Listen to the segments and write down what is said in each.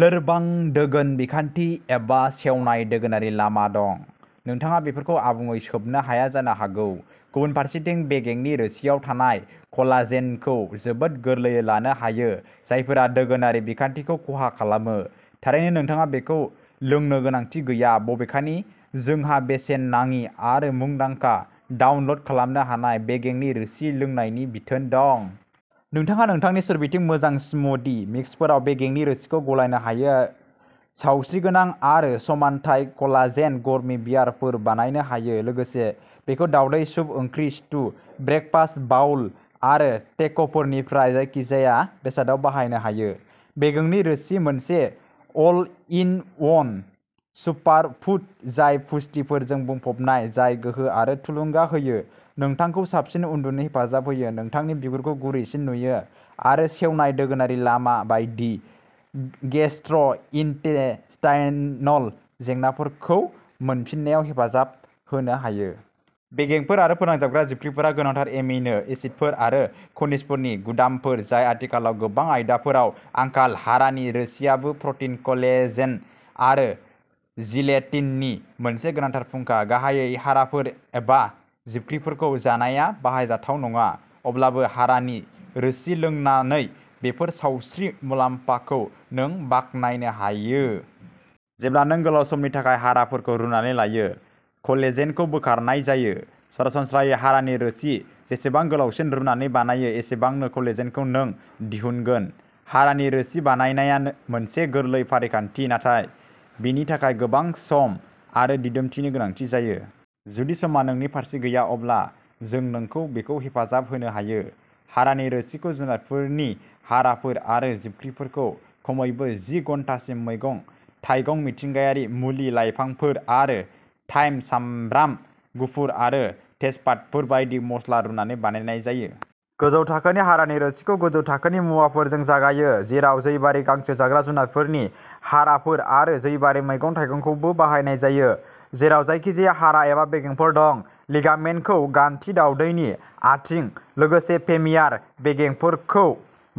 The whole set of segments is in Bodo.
लोरबां दोगोन बिखान्थि एबा सेवनाय दोगोनारि लामा दं नोंथाङा बेफोरखौ आबुङै सोबनो हाया जानो हागौ। गुबुन फारसेथिं बेगेंनि रोसिआव थानाय कलाजेनखौ जोबोद गोरलैयै लानो हायो जायफोरा दोगोनारि बिखान्थिखौ खहा खालामो। थारैनो नोंथाङा बेखौ लोंनो गोनांथि गैया बबेखानि जोंहा बेसेन नाङि आरो मुंदांखा डाउनल'ड खालामनो हानाय बेगेंनि रोसि लोंनायनि बिथोन दं। नोंथाङा नोंथांनि सोरबिथिं मोजां स्मूदि मिक्सफोराव बेगेंनि रोसिखौ गलायनो हायो सावस्रिगोनां आरो समानथाय कलाजेन गमी बियारफोर बानायनो हायो लोगोसे बेखौ दावदै सुप ओंख्रि स्टु ब्रेकफास्ट बाउल आरो टेक'फोरनिफ्राय जायखिजाया बेसादाव बाहायनो हायो। बेगेंनि रोसि मोनसे अल इन वन सुपारफुड जाय पुष्टिफोरजों बुंफबनाय जाय गोहो आरो थुलुंगा होयो नोंथांखौ साबसिन उन्दुनो हेफाजाब होयो नोंथांनि बिगुरखौ गुरैसिन नुयो आरो सेवनाय दोगोनारि लामा बायदि गेस्ट्र'इन्टेस्टाइनल जेंनाफोरखौ मोनफिननायाव हेफाजाब होनो हायो। बेगेंफोर आरो फोनांजाबग्रा जिबख्रिफोरा गोनांथार एमिनो एसिडफोर आरो खनिजफोरनि गुदामफोर जाय आथिखालाव गोबां आदारफोराव आंखाल हारानि रोसिआबो प्रटिन कलेजेन आरो जिलेटिननि मोनसे गोनांथार फुंखा। गासै हाराफोर एबा जिबख्रिफोरखौ जानाया बाहायजाथाव नङा अब्लाबो हारानि रोसि लोंनानै बेफोर सावस्रि मुलाम्फाखौ नों बाखनायनो हायो। जेब्ला नों गोलाव समनि थाखाय हाराफोरखौ रुनानै लायो कलेजेनखौ बोखारनाय जायो। सरासनस्रायै हारानि रोसि जेसेबां गोलावसिन रुनानै बानायो एसेबांनो कलेजेनखौ नों दिहुनगोन हारानि रोसि बानायनाया मोनसे गोरलै फारिखान्थि नाथाय बेनि थाखाय गोबां सम आरो दिदोमथिनि गोनांथि जायो। जुदि समआ नोंनि फारसे गैया अब्ला जों नोंखौ बेखौ हेफाजाब होनो हायो। हारानि रोसिखौ जुनारफोरनि हाराफोर आरो जिबख्रिफोरखौ खमैबो जि घन्टासिम मैगं थाइगंमिथिंगायारि मुलि लाइफांफोर आरो थाइम सामब्राम गुफुर आरो तेजपातफोर बायदि मस्ला रुनानै बानायनाय जायो। गोजौ थाखोनि हारानि रोसिखौ गोजौ थाखोनि मुवाफोरजों जागायो जेराव जैबारि गांसो जाग्रा जुनारफोरनि हाराफोर आरो जैबारि मैगं थाइगंफोरखौबो बाहायनाय जायो। जेराव जायखिजाया हारा एबा बेगेंफोर दं। लिगामेन्टखौ गान्थि दावदैनि आथिं लोगोसे फेमियार बेगेंफोरखौ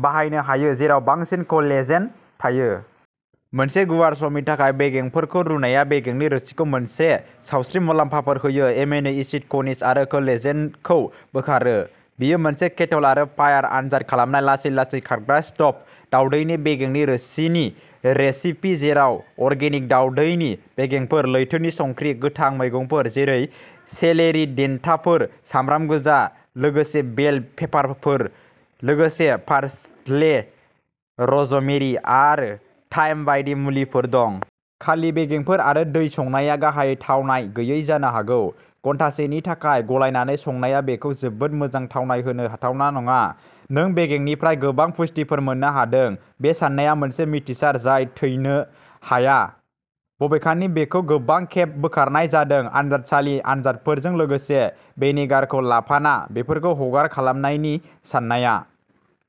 बाहायनो हायो जेराव बांसिन कलेजेन थायो। मोनसे गुवार समनि थाखाय बेगेंफोरखौ रुनाया बेगेंनि रोसिखौ बेनि सावस्रि मुलाम्फाफोर होयो एमिनो एसिड खनिज आरो कोलेजेनखौ बोखारो। बेयो मोनसे केटल आरो फायार आनजाद खालामनाय लासै लासै खारग्रा स्ट'भ दावदैनि बेगेंनि रोसिनि रेसिपि जेराव अर्गेनिक दावदैनि बेगेंफोर लैथोनि संख्रि गोथां मैगंफोर जेरै सेलेरि देन्थाफोर, सामब्राम गोजा, लोगोसे बेल पेपारफोर लोगोसे पार्सले र'जमेरि आरो थाइम बायदि मुलिफोर दं। खालि बेगेंफोर आरो दै संनाया गाहायै थावनाय गैयै जानो हागौ। घन्टासेनि थाखाय गलायनायखौ संनाया बेखौ जोबोद मोजां थावनाय होनो हाथावना नङा। नों बेगेंफोरनिफ्राय गोबां पुष्टिफोर मोन्नो हादों बे साननाया मोनसे मिथिसार जाय थैनो हाया बबेखानि बेखौ गोबां खेब बोखारनाय जादों आनजादसालि आनजादफोरजों लोगोसे। भिनेगारखौ लाफाना बेफोरखौ हगार खालामनायनि साननाया।